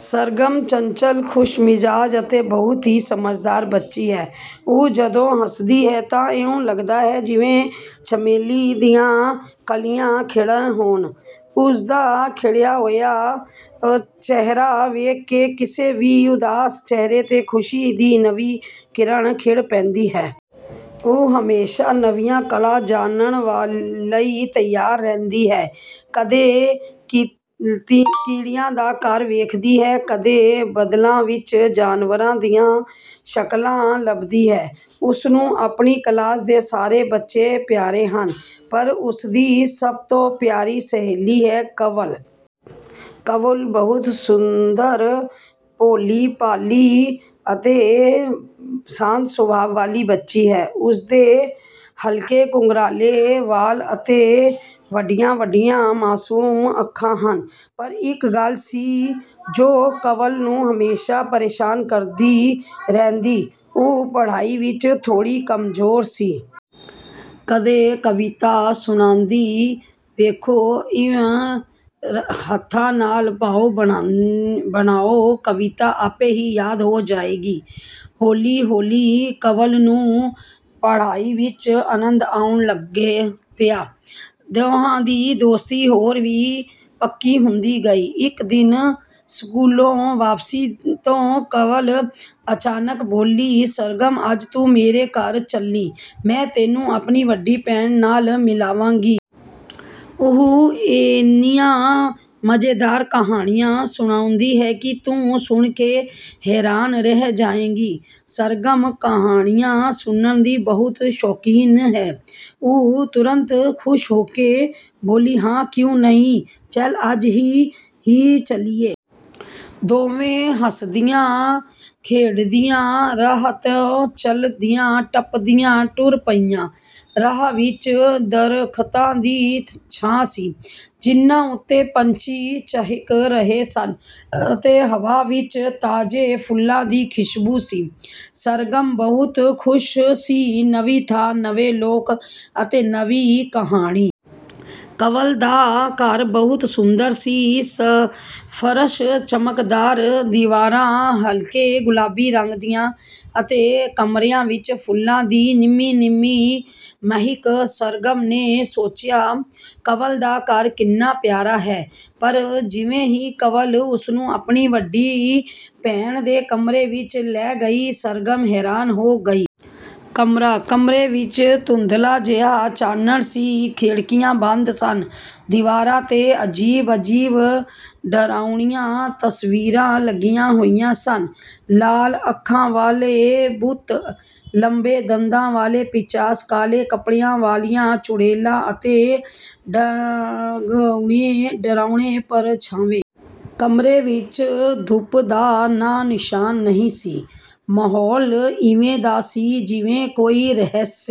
ਸਰਗਮ ਚੰਚਲ, ਖੁਸ਼ਮਿਜਾਜ਼ ਅਤੇ ਬਹੁਤ ਹੀ ਸਮਝਦਾਰ ਬੱਚੀ ਹੈ। ਉਹ ਜਦੋਂ ਹਸਦੀ ਹੈ ਤਾਂ ਇਉਂ ਲਗਦਾ ਹੈ ਜਿਵੇਂ ਚਮੇਲੀ ਦੀਆਂ ਕਲੀਆਂ ਖਿੜੀਆਂ ਹੋਣ। ਉਹਦਾ ਖਿੜਿਆ ਚਿਹਰਾ ਵੇਖ ਕੇ ਕਿਸੇ ਵੀ ਉਦਾਸ ਚਿਹਰੇ 'ਤੇ ਖੁਸ਼ੀ ਦੀ ਨਵੀਂ ਕਿਰਨ ਖਿੜ ਪੈਂਦੀ ਹੈ। ਉਹ ਹਮੇਸ਼ਾਂ ਨਵੀਆਂ ਗੱਲਾਂ ਜਾਣਨ ਲਈ ਤਿਆਰ ਰਹਿੰਦੀ ਹੈ। ਕਦੇ ਕੀੜੀਆਂ ਦਾ ਘਰ ਵੇਖਦੀ ਹੈ, ਕਦੇ ਬੱਦਲਾਂ ਵਿੱਚ ਜਾਨਵਰਾਂ ਦੀਆਂ ਸ਼ਕਲਾਂ ਲੱਭਦੀ ਹੈ। ਉਸਨੂੰ ਆਪਣੀ ਕਲਾਸ ਦੇ ਸਾਰੇ ਬੱਚੇ ਪਿਆਰੇ ਹਨ, ਪਰ ਉਸਦੀ ਸਭ ਤੋਂ ਪਿਆਰੀ ਸਹੇਲੀ ਹੈ, ਕੰਵਲ। ਕੰਵਲ ਬਹੁਤ ਸੁੰਦਰ, ਭੋਲ਼ੀ-ਭਾਲ਼ੀ ਅਤੇ ਸ਼ਾਂਤ ਸੁਭਾਅ ਵਾਲ਼ੀ ਬੱਚੀ ਹੈ। ਉਸਦੇ ਹਲਕੇ ਘੁੰਘਰਾਲ਼ੇ ਵਾਲ਼ ਅਤੇ ਵੱਡੀਆਂ-ਵੱਡੀਆਂ ਮਾਸੂਮ ਅੱਖਾਂ ਹਨ। ਪਰ ਇੱਕ ਗੱਲ ਸੀ ਜੋ ਕੰਵਲ ਨੂੰ ਹਮੇਸ਼ਾਂ ਪਰੇਸ਼ਾਨ ਕਰਦੀ ਰਹਿੰਦੀ, ਉਹ ਪੜ੍ਹਾਈ ਵਿੱਚ ਥੋੜ੍ਹੀ ਕਮਜ਼ੋਰ ਸੀ। ਕਦੇ ਕਵਿਤਾ ਸੁਣਾਉਂਦੀ "ਵੇਖੋ, ਇੰਞ ਹੱਥਾਂ ਨਾਲ਼ ਭਾਵ ਬਣਾਓ, ਕਵਿਤਾ ਆਪੇ ਹੀ ਯਾਦ ਹੋ ਜਾਵੇਗੀ।" ਹੌਲ਼ੀ-ਹੌਲ਼ੀ ਕੰਵਲ ਨੂੰ ਪੜ੍ਹਾਈ ਵਿੱਚ ਅਨੰਦ ਆਉਣ ਲੱਗ ਪਿਆ। ਦੋਹਾਂ ਦੀ ਦੋਸਤੀ ਹੋਰ ਵੀ ਪੱਕੀ ਹੁੰਦੀ ਗਈ। ਇੱਕ ਦਿਨ ਸਕੂਲੋਂ ਵਾਪਸੀ ਤੋ ਕੰਵਲ ਅਚਾਨਕ ਬੋਲੀ, "ਸਰਗਮ, ਅੱਜ ਤੂੰ ਮੇਰੇ ਘਰ ਚੱਲੀਂ, ਮੈਂ ਤੈਨੂੰ ਆਪਣੀ ਵੱਡੀ ਭੈਣ ਨਾਲ਼ ਮਿਲਾਵਾਂਗੀ। ਉਹ ਐਨੀਆਂ ਮਜ਼ੇਦਾਰ ਕਹਾਣੀਆਂ ਸੁਣਾਉਂਦੇ ਨੇ ਕਿ ਤੂੰ ਸੁਣ ਕੇ ਹੈਰਾਨ ਰਹਿ ਜਾਵੇਂਗੀ। " ਸਰਗਮ ਕਹਾਣੀਆਂ ਸੁਣਨ ਦੀ ਬਹੁਤ ਸ਼ੌਕੀਨ ਹੈ। ਉਹ ਤੁਰੰਤ ਖੁਸ਼ ਹੋ ਕੇ ਬੋਲੀ, "ਹਾਂ, ਕਿਉਂ ਨਹੀਂ, ਚੱਲ ਅੱਜ ਹੀ ਚੱਲੀਏ।" ਦੋਵੇਂ ਹੱਸਦੀਆਂ-ਖੇਡਦੀਆਂ ਰਾਹ 'ਤੇ ਨਚਦੀਆਂ-ਟੱਪਦੀਆਂ ਟੁਰ ਪਈਆਂ। ਰਾਹ ਵਿੱਚ ਦਰੱਖਤਾਂ ਦੀ ਛਾਂ ਸੀ, ਜਿਨ੍ਹਾਂ ਉੱਤੇ ਪੰਛੀ ਚਹਿਕ ਰਹੇ ਸਨ ਅਤੇ ਹਵਾ ਵਿੱਚ ਤਾਜ਼ੇ ਫੁੱਲਾਂ ਦੀ ਖੁਸ਼ਬੂ ਸੀ। ਸਰਗਮ ਬਹੁਤ ਖ਼ੁਸ਼ ਸੀ ਨਵੀਂ ਥਾਂ, ਨਵੇਂ ਲੋਕ ਅਤੇ ਨਵੀਂ ਕਹਾਣੀ। ਕੰਵਲ ਦਾ ਘਰ ਬਹੁਤ ਸੁੰਦਰ ਸੀ ਫਰਸ਼ ਚਮਕਦਾਰ, ਦੀਵਾਰਾਂ ਹਲਕੇ ਗੁਲਾਬੀ ਰੰਗ ਦੀਆਂ ਅਤੇ ਕਮਰਿਆਂ ਵਿੱਚ ਫੁੱਲਾਂ ਦੀ ਨਿੰਮ੍ਹੀ-ਨਿੰਮ੍ਹੀ ਮਹਿਕ। ਸਰਗਮ ਨੇ ਸੋਚਿਆ, "ਕੰਵਲ ਦਾ ਘਰ ਕਿੰਨਾ ਪਿਆਰਾ ਹੈ।" ਪਰ ਜਿਵੇਂ ਹੀ ਕੰਵਲ ਉਸਨੂੰ ਆਪਣੀ ਵੱਡੀ ਭੈਣ ਦੇ ਕਮਰੇ ਵਿੱਚ ਲੈ ਗਈ, ਸਰਗਮ ਹੈਰਾਨ ਹੋ ਗਈ। ਕਮਰਾ ਕਮਰੇ ਵਿੱਚ ਧੁੰਦਲਾ ਜਿਹਾ ਚਾਨਣ ਸੀ। ਖਿੜਕੀਆਂ ਬੰਦ ਸਨ। ਦੀਵਾਰਾਂ 'ਤੇ ਅਜੀਬ-ਅਜੀਬ, ਡਰਾਉਣੀਆਂ ਤਸਵੀਰਾਂ ਲੱਗੀਆਂ ਹੋਈਆਂ ਸਨ। ਲਾਲ ਅੱਖਾਂ ਵਾਲੇ ਭੂਤ, ਲੰਮੇ ਦੰਦਾਂ ਵਾਲ਼ੇ ਪਿਸ਼ਾਚ, ਕਾਲ਼ੇ ਕੱਪੜਿਆਂ ਵਾਲ਼ੀਆਂ ਚੁੜੇਲਾਂ ਅਤੇ ਡਰਾਉਣੇ ਪਰਛਾਵੇਂ। ਕਮਰੇ ਵਿੱਚ ਧੁੱਪ ਦਾ ਨਾਂ-ਨਿਸ਼ਾਨ ਨਹੀਂ ਸੀ। ਮਾਹੌਲ ਇਵੇਂ ਦਾ ਸੀ ਜਿਵੇਂ ਕੋਈ ਰਹੱਸ